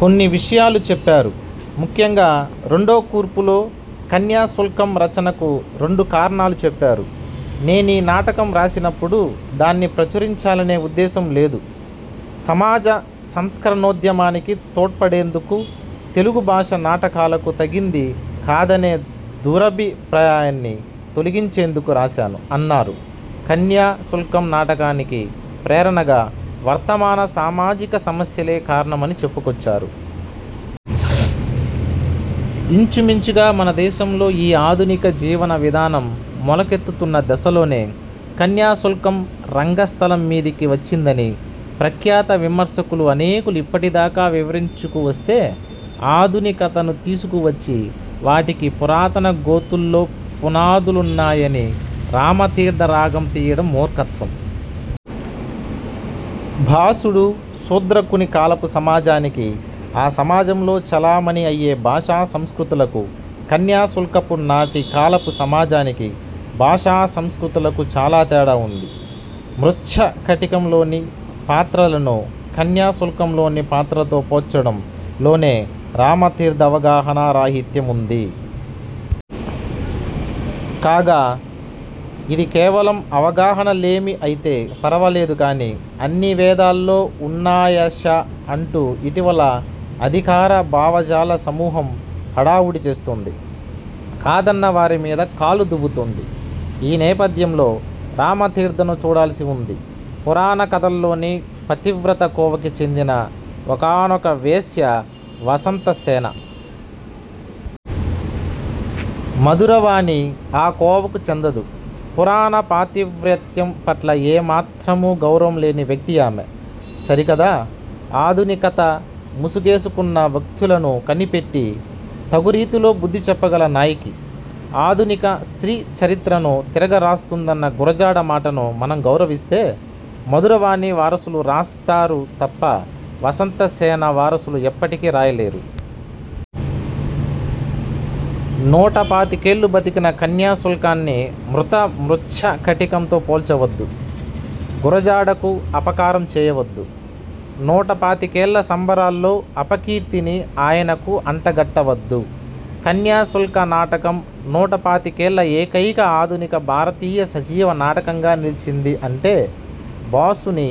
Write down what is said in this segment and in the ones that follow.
కొన్ని విషయాలూ చెప్పారు. ముఖ్యంగా రెండో కూర్పులో కన్యా శుల్కం రచనకు రెండు కారణాలు చెప్పారు నేనీ నాటకం రాసినప్పుడు దాన్ని ప్రచురించాలనే ఉద్దేశ్యం లేదు. సమాజ సంస్కరణోద్యమానికి తోడ్పడేందుకు, తెలుగు భాష నాటకాలకు తగింది కాదనే దురభి ప్రాయాన్ని తొలగించేందుకు రాశాను. అన్నారు. కన్యా శుల్కం నాటకానికి ప్రేరణగా వర్తమాన సామాజిక సమస్యలే కారణమని చెప్పు కొచ్చారు. ఇంచు మించుగా మన దేశంలో ఈ ఆధునిక జీవన విధానం మొల కెత్తుతున్న దశలోనే, కన్యా శుల్కం రంగ స్థలం మీదికి వచ్చిందని ప్రఖ్యాత విమర్శకులు అనేకులు ఇప్పటి దాకా వివరించుకు వస్తే, ఆధునికతను తీసుకు వచ్చి వాటికి పురాతన గోతుల్లో పునాదులున్నాయని రామతీర్థ రాగం తీయడం మూర్ఖత్వం. భాసుడు, శూద్రకుని కాలపు సమాజానికీ, ఆ సమాజంలో చెలామణీ అయ్యే భాషా సంస్కృతులకు, కన్యా శుల్కపు నాటి కాలపు సమాజానికి, భాషా సంస్కృతులకూ చాలా తేడా ఉంది. మృచ్ఛ కటికం లోని పాత్రలను కన్యా శుల్కంలోని పాత్రలతో పోల్చడం లోనే రామతీర్థ అవగాహనా రాహిత్యం ఉంది. కాగా, ఇది కేవలం అవగాహన లేమి అయితే ఫరవాలేదు గానీ, అన్నీ వేదాల్లో ఉన్నాయష, అంటూ ఇటీవల అధికార భావజాల సమూహం హడావుడి చేస్తోంది. కాదన్న వారి మీద కాలు దువ్వుతోంది. ఈ నేపథ్యంలో రామతీర్థను చూడాల్సి ఉంది. పురాణ కథల్లోని పతివ్రత కోవకి చెందిన ఒకానొక వేశ్య వసంత సేన. మధుర వాణి ఆ కోవకు చెందదు. పురాణ పాతివ్రత్యం పట్ల ఏ మాత్రమూ గౌరవం లేని వ్యక్తి ఆమె. సరికదా, ఆధునికత ముసుగేసుకున్న వ్యక్తులను కని పెట్టి తగురీతిలో బుద్ధి చెప్పగల నాయకి. ఆధునిక స్త్రీ చరిత్రను తిరగ రాస్తుందన్న గురజాడ మాటను మనం గౌరవిస్తే, మధుర వాణి వారసులు రాస్తా రు తప్ప, వసంత సేన వారసులు ఎప్పటికీ రాయలేరు. నూట పాతికేళ్లు బతికిన కన్యా శుల్కాన్ని మృత మృచ్ఛ కటికంతో పోల్చవద్దు. గుర జాడకు అపకారం చేయవద్దు. నూట పాతికేళ్ల సంబరాల్లో అపకీర్తిని ఆయనకు అంట గట్టవద్దు. కన్యాశుల్క నాటకం నూటపాతికేళ్ల ఏకైక ఆధునిక భారతీయ సజీవ నాటకంగా నిలిచిందీ అంటే, భాసుని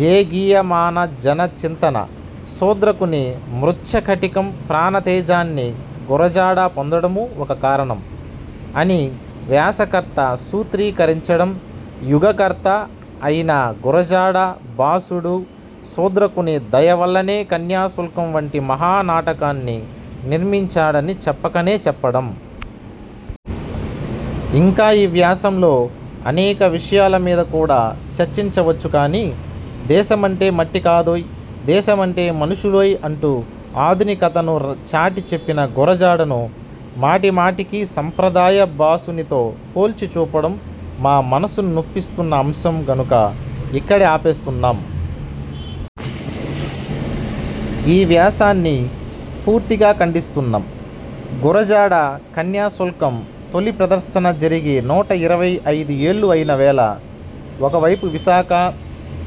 జేగీయమాన జన చింతన, శూద్రకుని మృచ్ఛ కటికం ప్రాణ తేజాన్ని గురజాడ పొందడమూ ఒక కారణం, అని వ్యాసకర్త సూత్రీకరించడం, యుగకర్త అయిన గురజాడ, భాసుడు, శూద్రకుని దయ వల్లనే కన్యాశుల్కం వంటి మహా నాటకాన్ని నిర్మించాడని చెప్పకనే చెప్పడం. ఇంకా ఈ వ్యాసంలో అనేక విషయాల మీద కూడా చర్చించ వచ్చు గానీ, దేశమంటే మట్టి కాదోయ్, దేశమంటే మనుషు లోయ్ అంటూ ఆధునికతను చాటి చెప్పిన గురజాడను మాటి మాటికీ సంప్రదాయ భాసునితో పోల్చి చూపడం మా మనసును నొప్పిస్తున్న అంశం గనుక ఇక్కడే ఆపేస్తున్నాం. ఈ వ్యాసాన్ని పూర్తిగా ఖండిస్తున్నాం. గురజాడ కన్యా శుల్కం తొలి ప్రదర్శన జరిగి నూట ఇరవై ఐదు ఏళ్లు అయిన వేళ ఒకవైపు విశాఖ,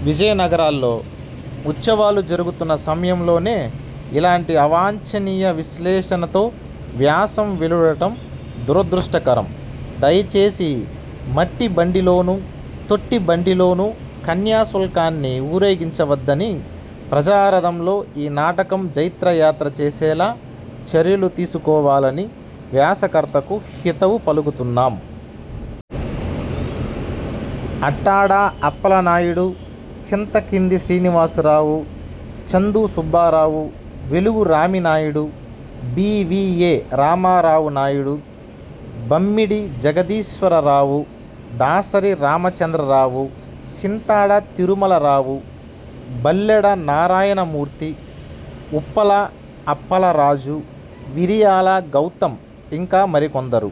విజయ నగరాల్లో ఉత్సవాలు జరుగుతున్న సమయం లోనే ఇలాంటి అవాంఛనీయ విశ్లేషణతో వ్యాసం వెలువడటం దురదృష్ట కరం. దయ చేసి మట్టి బండిలోనూ, తొట్టి బండిలోనూ కన్యా శుల్కాన్ని ఊరేగించ వద్దని, ప్రజా రథంలో ఈ నాటకం జైత్రయాత్ర చేసేలా చర్యలు తీసుకోవాలని వ్యాస కర్తకు హితవు పలుకుతున్నాం. అట్టాడ అప్పల నాయుడు, చింత కింది Srinivasarao, Chandu Subbarao, Velugu Raminaidu, B. V. A. Ramarao Naidu, Bammidi Jagadeeswara Rao, Dasari Ramachandra Rao, Chintada Tirumala Rao, Balleda Narayana Murthy, Uppala Appala Raju, Viriyala Gautam ఇంకా మరికొందరు.